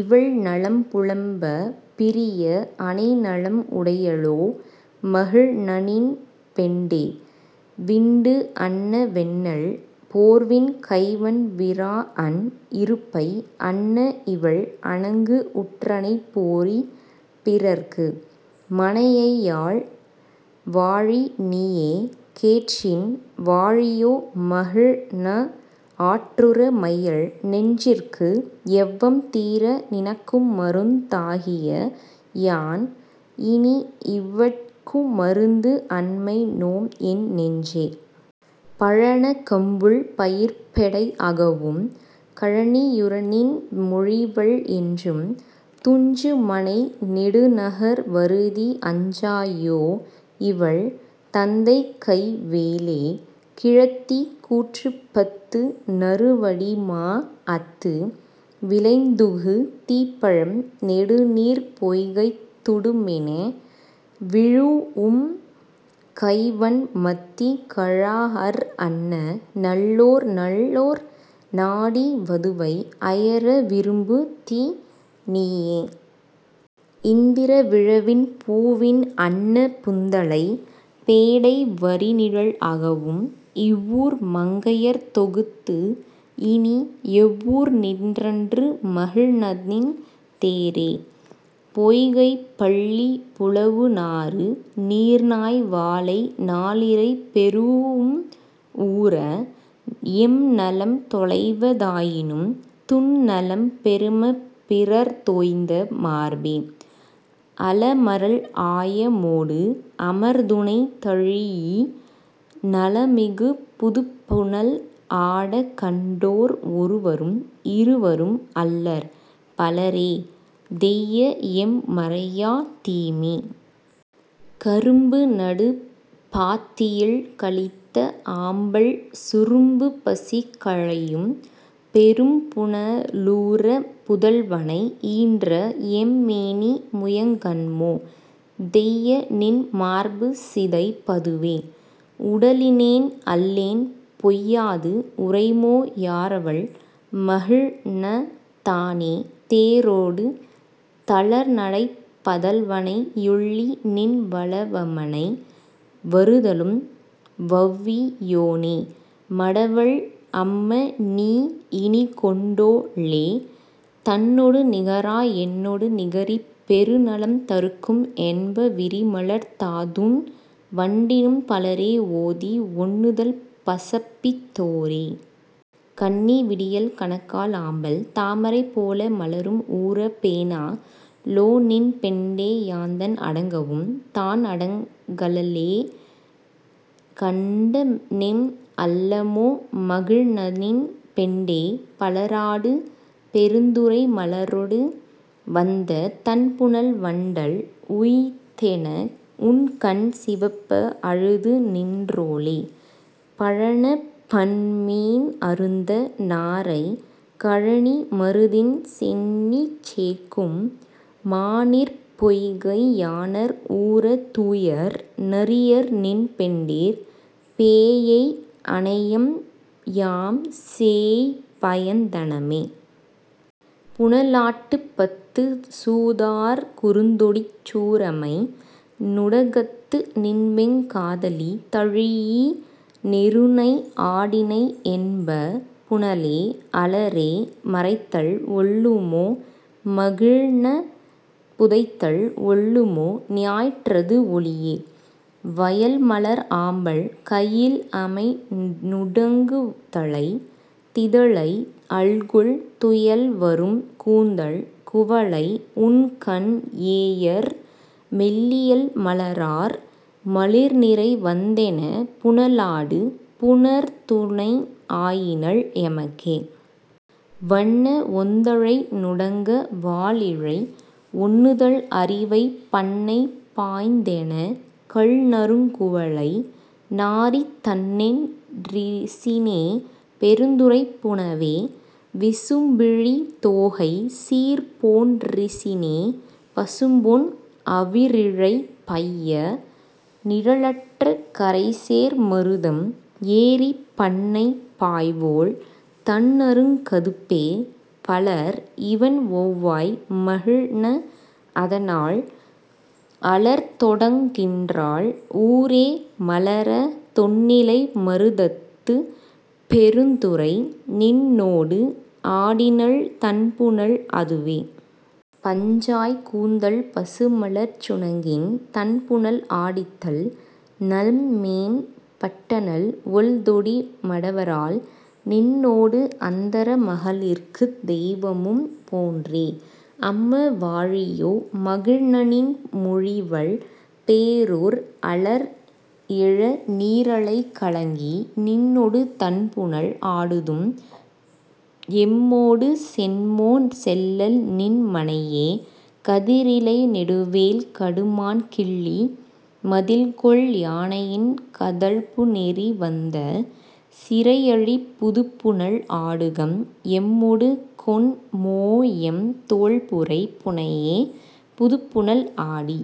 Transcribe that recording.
இவள் நலம் புலம்பப் பிரிய அனைநலம் உடையளோ மகிழ்நநின் பெண்டே. விண்டு அன்ன வெண்ணெல் போர்வின் கைவண் விராஅன் இருப்பை அன்ன இவள் அணங்கு உற்றனை போறி பிறர்க்கு மனையையால் வாழி நீயே. கேட்சின் வாழியோ மகிழ்ந ஆற்றுற மையல் நெஞ்சிற்கு எவ்வம் தீர நினக்குமருந் தாகிய யான்இனி இவட்குமருந்து அன்மை நோம்என் நெஞ்சே. பழனக் கம்புள் பயிர்ப்பெடை அகவும் கழனியுரநின் மொழிவல் என்றும் துங்சுமனை நெடுநகர் வருதி அஞ்சா யோஇவள் தந்தைகை வேலே. கிழத்தி கூற்றுப்பத்து நறுவடி மாஅத்து விளைந்துகு தீப்பழம் நெடுநீர்ப் பொய்கைத் துடுமென விழூஉம் கைவண்மத்தி கழாஅர் அன்ன நல்லோர் நல்லோர் நாடி வதுவை அயர விரும்புதி நீயே. இந்திர விழவின் பூவின் அன்ன புந்தலைப் பேடை வரிநிழல் அகவும் இவ்வூர் மங்கையர்த் தொகுத்துஇனி எவ்வூர் நின்றன்று மகிழ்நநின் தேரே. பொய்கைப் பள்ளிப் புலவுநாறு நீர்நாய் வாளை நாளிரை பெறூஉம் ஊர எம்நலம் தொலைவ தாயினும் துன்னலம் பெருமபிறர்த் தோய்ந்த மார்பே. அலமரல் ஆயமோடு அமர்துணை தழீஇ நலமிகு புதுப்புனல் ஆடக் கண்டோ ர் ஒருவரும் இருவரும் அல்லர் பலரே தெய்யஎம் மறையா தீமே. கரும்புநடு பாத்தியில் கலித்த ஆம்பல் சுரும்புபசி களையும் பெரும்புன லூர புதல்வனை ஈன்றஎம் மேனி முயங்கன்மோ தெய்யநின் மார்புசிதைப் பதுவே. உடலினேன் அல்லேன் பொய்யாது உரைமோ யாரவள் மகிழ்ந தானே தேரொடு தளர்நடைப் பதல்வனை யுள்ளிநின் வளவமனை வருதலும் வெளவி யோனே. மடவள் அம்மநீ இனிக்கொண்டோ ளே தன்னொடு நிகரா என்னொடு நிகரிப் பெருநலம் தருக்கும் என்ப விரிமலர்த் தாதுண் வண்டினும் பலரே ஓதி ஒண்ணுதல் பசப்பித் தோரே. கன்னி விடியல் கணக்கால் ஆம்பல் தாமரை போல மலரும் ஊர பேணா ளோநின் பெண்டே யாந்தன் அடங்கவும் தான்அடங் கலளே. கண்டனெம் அல்லமோ மகிழ்நநின் பெண்டே பலராடு பெருந்துரை மலரொடு வந்த தண்புனல் வண்டல் உய்த்தென உண்கண் சிவப்ப அழுதுநின் றோளே. பழனப் பன்மீன் அருந்த நாரை கழனி மருதின் சென்னிச் சேக்கும் மாநீர்ப் பொய்கை யாணர் ஊர தூயர் நறியர்நின் பெண்டிர் பேஎய் அனையம்யாம் சேய்பயந் தனமே.. புனலாட்டுப் பத்து சூதார் குறுந்தொடிச் சூரமை நுடக்கத்து நின்வெங் காதலி தழீஇ நெருநை ஆடினை என்ப புனலே அலரே மறைத்தல் ஒல்லுமோ மகிழ்ந புதைத்தல் ஒல்லுமோ ஞாயிற்றது ஒளியே. வயல்மலர் ஆம்பல் கயில்அமை நுடங்குதலைத் திதலை அல்குல் துயல்வரும் கூந்தல் குவளை உண்கன் ஏஎர் மெல்லியல் மலரார் மலிர்நிறை வந்தெனப் புனலாடு புணர்துனை ஆயினள் எமக்கே. வண்ண ஒந்தழை நுடங்க வாலிழை ஒண்ணுதல் அரிவை பண்ணை பாய்ந்தெனக் கள்நறுங் குவளை நாறித் தண்ணென் றிசினே பெருந்துறைப் புனவே. விசும்பிழி தோகைச் சீர்போன் றிசினே பசும்பொன் அவிரிழை பைய நிழற்றக் கரைசேர் மருதம் ஏறிப் பண்ணை பாய்வோள் தண்ணறுங் கதுப்பே. பலர் இவண் ஒவ்வாய் மகிழ்ந அதனால் அலர்தொடங் கின்றால் ஊரே மலர தொன்னிலை மருதத்துப் பெருந்துறை நின்னோடு ஆடினள் தண்புனல் அதுவே. பஞ்சாய்க் கூந்தல் பசுமலர்ச் சுணங்கின் தண்புணல் ஆடித்தல் நல்ம்மேம் பட்டனள் ஒள்தொடி மடவரால் நின்னோடு அந்தர மகளிர்க்குத் தெய்வமும் போன்றே. அம்ம வாழியோ மகிழ்நநின் மொழிவல் பேரூர் அலர்எழ நீரலைக் கலங்கி நின்னொடு தண்புணல் ஆடுதும் எம்மோடு சென்மோ செல்லல்நின் மனையே. கதிரிலை நெடுவேல் கடுமான் கிள்ளி மதில்கொல் யானையின் கதழ்புநெறி வந்த சிறையழி புதுப்புனல் ஆடுகம் எம்மொடு கொண்மோஎம் தோள்புரை புனையே. புதுப்புனல் ஆடி